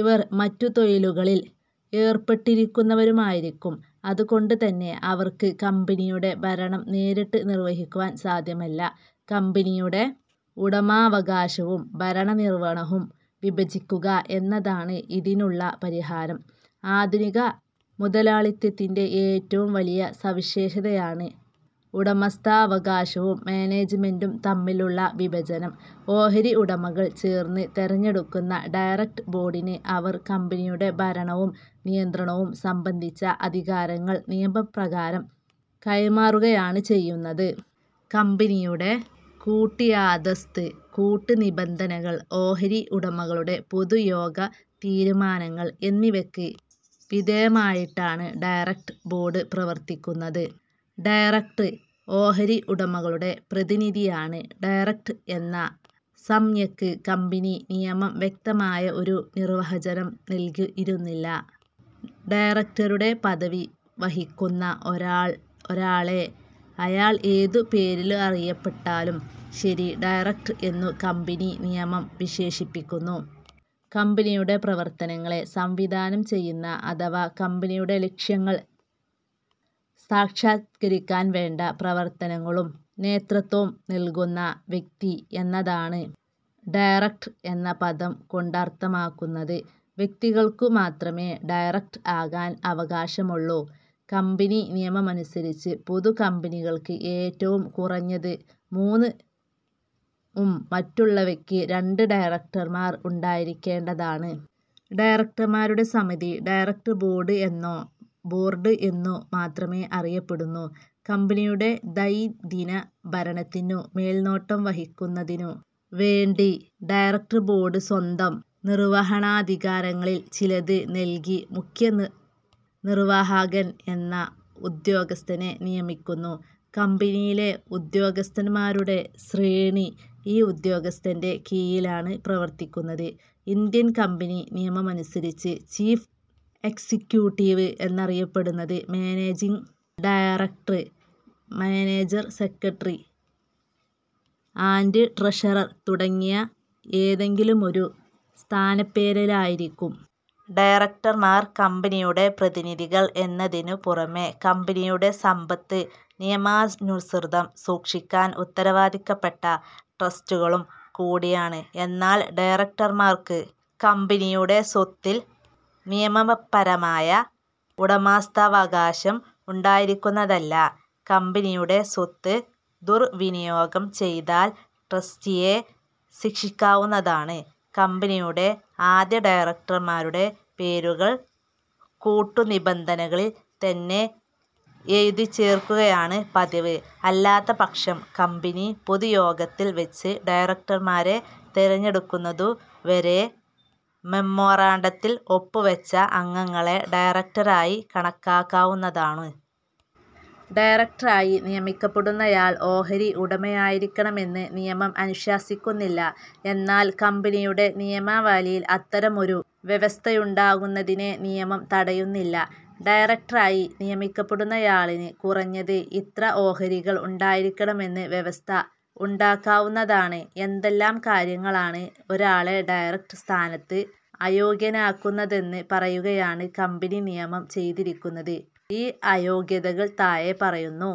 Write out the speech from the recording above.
ഇവർ മറ്റു തൊഴിലുകളിൽ ഏർപ്പെട്ടിരിക്കുന്നവരുമായിരിക്കും. അതുകൊണ്ടുതന്നെ അവർക്ക് കമ്പനിയുടെ ഭരണം നേരിട്ട് വിർവഹിക്കുവാൻ സാധ്യമല്ല. കമ്പനിയുടെ ഉടമാവകാശവും ഭരണ നിർവഹണവും വിഭജിക്കുക എന്നതാണ് ഇതിനുള്ള പരിഹാരം. ആധുനിക മുതലാളിത്തത്തിന്റെ ഏറ്റവും വലിയ സവിശേഷതയാണ് ഉടമസ്ഥാവകാശവും മാനേജ്മെന്റും തമ്മിലുള്ള വിഭജനം. ഓഹരി ഉടമകൾ ചേർന്ന് തെരഞ്ഞെടുക്കുന്ന ഡയറക്ടർ ബോർഡിന് അവർ കമ്പനിയുടെ ഭരണവും നിയന്ത്രണവും സംബന്ധിച്ച അധികാരങ്ങൾ നിയമപ്രകാരം കൈമാറുകയാണ് ചെയ്യുന്നത്. കമ്പനിയുടെ കൂട്ടുയാദാസ്ത്, കൂട്ടു നിബന്ധനങ്ങൾ, ഓഹരി ഉടമകളുടെ പൊതുയോഗ തീരുമാനങ്ങൾ എന്നിവയ്ക്ക് വിധേയമായിട്ടാണ് ഡയറക്ടർ ബോർഡ് പ്രവർത്തിക്കുന്നത്. ഡയറക്ടർ, ഓഹരി ഉടമകളുടെ പ്രതിനിധിയാണ്. ഡയറക്ടർ എന്ന സംജ്ഞയ്ക്ക് കമ്പനി നിയമം വ്യക്തമായ ഒരു നിർവചനം നൽകുന്നില്ല. ഡയറക്ടരുടെ പദവി വഹിക്കുന്ന ഒരാളെ, അയാൾ ഏതു പേരിലറിയപ്പെട്ടാലും ശരി ഡയറക്ടർ എന്നു കമ്പനി നിയമം വിശേഷിപ്പിക്കുന്നു. കമ്പനിയുടെ പ്രവർത്തനങ്ങളെ സംവിധാനം ചെയ്യുന്ന അഥവാ കമ്പനിയുടെ ലക്ഷ്യങ്ങൾ സാക്ഷാത്കരിക്കാൻ വേണ്ട പ്രവർത്തനങ്ങൾക്കു നേതൃത്വം നൽകുന്ന വ്യക്തി എന്നതാണ് ഡയറക്ടർ എന്ന പദം കൊണ്ടർഥമാക്കുന്നത്. വ്യക്തികൾക്കു മാത്രമേ ഡയറക്ടർ ആകാൻ അവകാശമുള്ളൂ. കമ്പനി നിയമമനുസരിച്ച് പൊതു കമ്പനികൾക്ക് ഏറ്റവും കുറഞ്ഞത് മൂന്നും മറ്റുള്ളവയ്ക്ക് രണ്ടും ഡയറക്ടറന്മാർ ഉണ്ടായിരിക്കേണ്ടതാണ്. ഡയറക്ടർമാരുടെ സമിതി ഡയറക്ടർ ബോർഡ് എന്നോ ബോർഡ് എന്നു മാത്രമോ അറിയപ്പെടുന്നു. കമ്പനിയുടെ ദൈനംദിന ഭരണത്തിനു മേൽനോട്ടം വഹിക്കുന്നതിനുവേണ്ടി ഡയറക്ടർബോർഡ് സ്വന്തം നിർവഹണാധികാരങ്ങളിൽ ചിലത് നൽകി മുഖ്യനിർവാഹകൻ എന്ന ഉദ്യോഗസ്ഥനെ നിയമിക്കുന്നു. കമ്പനിയിലെ ഉദ്യോഗസ്ഥൻമാരുടെ ശ്രേണി, ഈ ഉദ്യോഗസ്ഥന്റെ കീഴിലാണ് പ്രവർത്തിക്കുന്നത്. ഇന്ത്യൻ കമ്പനി നിയമമനുസരിച്ച്, ചീഫ് എക്സിക്യൂട്ടീവ് അറിയപ്പെടുന്നത് managing director, manager, secretary and treasurer തുടങ്ങിയ ഏതെങ്കിലുമൊരു സ്ഥാനപ്പേരിലായിരിക്കും. ഡയറക്ടർമാർ കമ്പനിയുടെ പ്രതിനിധികൾ എന്നതിനു പുറമേ, കമ്പനിയുടെ സമ്പത്ത് നിയമാനുസൃതം സൂക്ഷിക്കാൻ ഉത്തരവാദപ്പെട്ട ട്രസ്റ്റികളും കൂടിയാണ്. എന്നാൽ ഡയറക്ടർക്ക് കമ്പനിയുടെ സ്വത്തിൽ നിയമപരമായ ഉടമവസ്ഥാവകാശം ഉണ്ടായിരിക്കുന്നതല്ല. കമ്പനിയുടെ സ്വത്ത് ദുർവിനിയോഗം ചെയ്താൽ ട്രസ്റ്റിയെ ശിക്ഷിക്കാവുന്നതാണ്. കമ്പനിയുടെ ആദ്യഡയറക്ടർമാരുടെ പേരുകൾ കൂട്ടുനിബന്ധനകളിൽ തന്നെ എഴുതിച്ചേർക്കുകയാണ് പതിവ്. അല്ലാത്ത പക്ഷം കമ്പനി പൊതുയോഗത്തിൽ വച്ച് ഡയറക്ടർമാരെ തെരഞ്ഞെടുക്കുന്നതു വരെ മെമ്മോറാണ്ടത്തിൽ ഒപ്പുവച്ച അംഗങ്ങളെ ഡയറക്ടർമാരായി കണക്കാക്കാവുന്നതാണ്. ഡയറക്ടറായി നിയമിക്കപ്പെടുന്നയാൾ ഓഹരി ഉടമയായിരിക്കണമെന്ന് നിയമം അനുശാസിക്കുന്നില്ല. എന്നാൽ കമ്പനിയുടെ നിയമാവലിയിൽ അത്തരമൊരു വ്യവസ്ഥയുണ്ടാകുന്നതിനെ നിയമം തടയുന്നില്ല. ഡയറക്ടറായി നിയമിക്കപ്പെടുന്നയാളിന് കുറഞ്ഞത് ഇത്ര ഓഹരികൾ ഉണ്ടായിരിക്കണമെന്ന് വ്യവസ്ഥ ഉണ്ടാക്കാവുന്നതാണ്. എന്തെല്ലാം കാര്യങ്ങളാണ്, ഒരാളെ ഡയറക്ടർ സ്ഥാനത്തിന് അയോഗ്യനാക്കുന്നതെന്ന് പറയുകയാണ് കമ്പനി നിയമം ചെയ്തിരിക്കുന്നത്. ഈ അയോഗ്യതകൾ താഴെപ്പറയുന്നു.